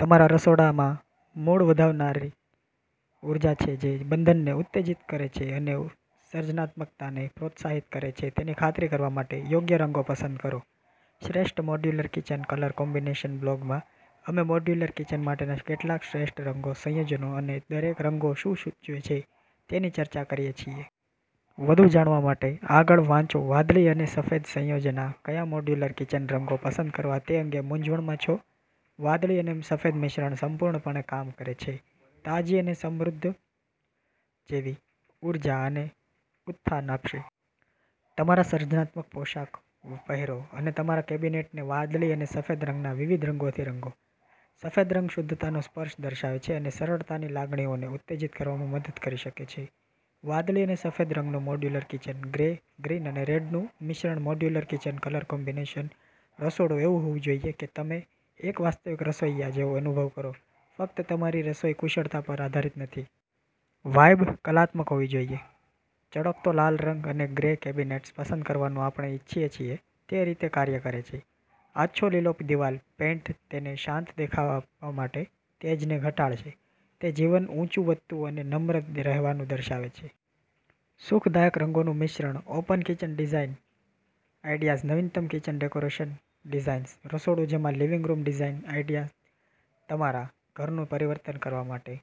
તમારા રસોડામાં મૂડ વધારનારી ઉર્જા છે જે બંધનને ઉત્તેજીત કરે છે અને સર્જનાત્મકતાને પ્રોત્સાહિત કરે છે તેની ખાતરી કરવા માટે, યોગ્ય રંગો પસંદ કરો. શ્રેષ્ઠ મોડ્યુલર કિચન કલર કોમ્બિનેશનબ્લોગમાં, અમે મોડ્યુલર કિચન માટેના કેટલાક શ્રેષ્ઠ રંગ સંયોજનો અનેદરેક રંગો શું સૂચવે છે તેની ચર્ચા કરીએ છીએ. વધુ જાણવા માટે આગળ વાંચોવાદળી અને સફેદ સંયોજન કયા મોડ્યુલર કિચન રંગો પસંદ કરવા તે અંગે મૂંઝવણમાં છો? વાદળી અને સફેદ મિશ્રણ સંપૂર્ણપણે કામ કરે છે. તાજી અને સમૃદ્ધ જેવી ઊર્જા અને ઉત્થાન આપશે. તમારા સર્જનાત્મક પોશાક પહેરો અને તમારા કેબિનેટને વાદળી અને સફેદ રંગના વિવિધ રંગોથી રંગો. સફેદ રંગ શુદ્ધતાનો સ્પર્શ દર્શાવે છે અને સરળતાની લાગણીઓને ઉત્તેજીત કરવામાં મદદ કરી શકે છે. વાદળી અને સફેદ રંગનું મોડ્યુલર કિચન ગ્રે, ગ્રીન અને રેડનું મિશ્રણમોડ્યુલર કિચન કલર કોમ્બિનેશન રસોડું એવું હોવું જોઈએ કે તમે એક વાસ્તવિક રસોઇયા જેવો અનુભવ કરો, ફક્ત તમારી રસોઈ કુશળતા પર આધારિત નથી. વાઇબ કલાત્મક હોવી જોઈએ. ચળકતો લાલ રંગ અને ગ્રે કેબિનેટ્સ પસંદ કરવાનું આપણે ઇચ્છીએ છીએ તેરીતે કાર્ય કરે છે. આછો લીલો દિવાલ પેઇન્ટ તેને શાંત દેખાવ આપવા માટે તેજને ઘટાડશે. તે જીવનમાં ઊંચું વધતું અને નમ્ર રહેવાનું દર્શાવે છે. સુખદાયક રંગોનું મિશ્રણ ઓપન કિચન ડિઝાઇન આઇડિયાઝનવીનતમ કિચન ડેકોરેશન ડિઝાઇન્સ, રસોડું જેમાં લિવિંગ રૂમ ડિઝાઇન આઇડિયાતમારા ઘરનું પરિવર્તન કરવા માટે,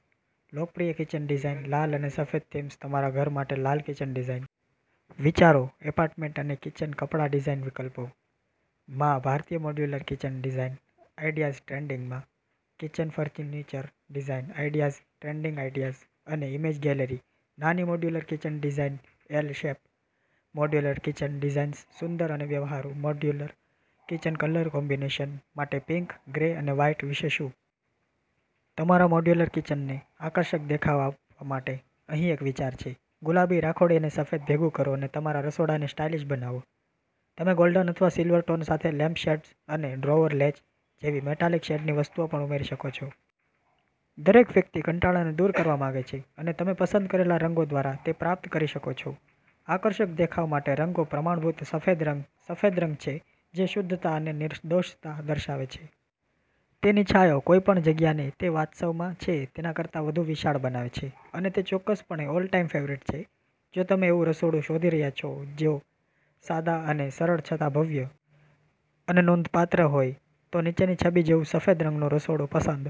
લોકપ્રિય કિચન ડિઝાઇન લાલ અને સફેદ થીમ્સ, તમારા ઘર માટે લાલ કિચન ડિઝાઇન વિચારો, એપાર્ટમેન્ટ માટે કિચન કપડા ડિઝાઇન વિકલ્પો, માં ભારતીય modular kitchen design ideas trending, માં kitchen furniture design ideas trending ideas અને ઇમેજ ગેલેરી, નાની modular kitchen design L shape modular kitchen ડિઝાઇન્સસુંદર અને વ્યવહારુ, મોડ્યુલર કિચન કલર કોમ્બિનેશન માટે પિંક, ગ્રે અને વ્હાઇટ વિશે શું? તમારા મોડ્યુલર કિચનને આકર્ષક દેખાવ આપવા માટે અહીં એક વિચાર છે. ગુલાબી, રાખોડી અને સફેદ ભેગું કરો અને તમારા રસોડાને સ્ટાઇલિશ બનાવો. તમે ગોલ્ડન અથવા સિલ્વર ટોન સાથે લેમ્પશેડ્સ અને ડ્રોઅર લેચ જેવી મેટાલિક શેડની વસ્તુઓ પણ ઉમેરી શકો છો. દરેક વ્યક્તિ કંટાળાને દૂર કરવા માંગે છે, અને તમે પસંદ કરેલા રંગો દ્વારા તે પ્રાપ્ત કરી શકો છો. આકર્ષક દેખાવ માટે રંગો પ્રમાણભૂત સફેદ રંગ સફેદરંગ છે જે શુદ્ધતા અને નિર્દોષતા દર્શાવે છે. તેની છાંયો કોઈપણ જગ્યાને તે વાસ્તવમાં છે તેના કરતા વધુ વિશાળ બનાવે છે અને તે ચોક્કસપણે ઓલ ટાઈમ ફેવરિટ છે. જો તમે એવું રસોડું શોધી રહ્યા છો જે સાદા અને સરળ છતાં ભવ્ય અને નોંધપાત્ર હોય, તો નીચેની છબી જેવું સફેદ રંગનું રસોડું પસંદ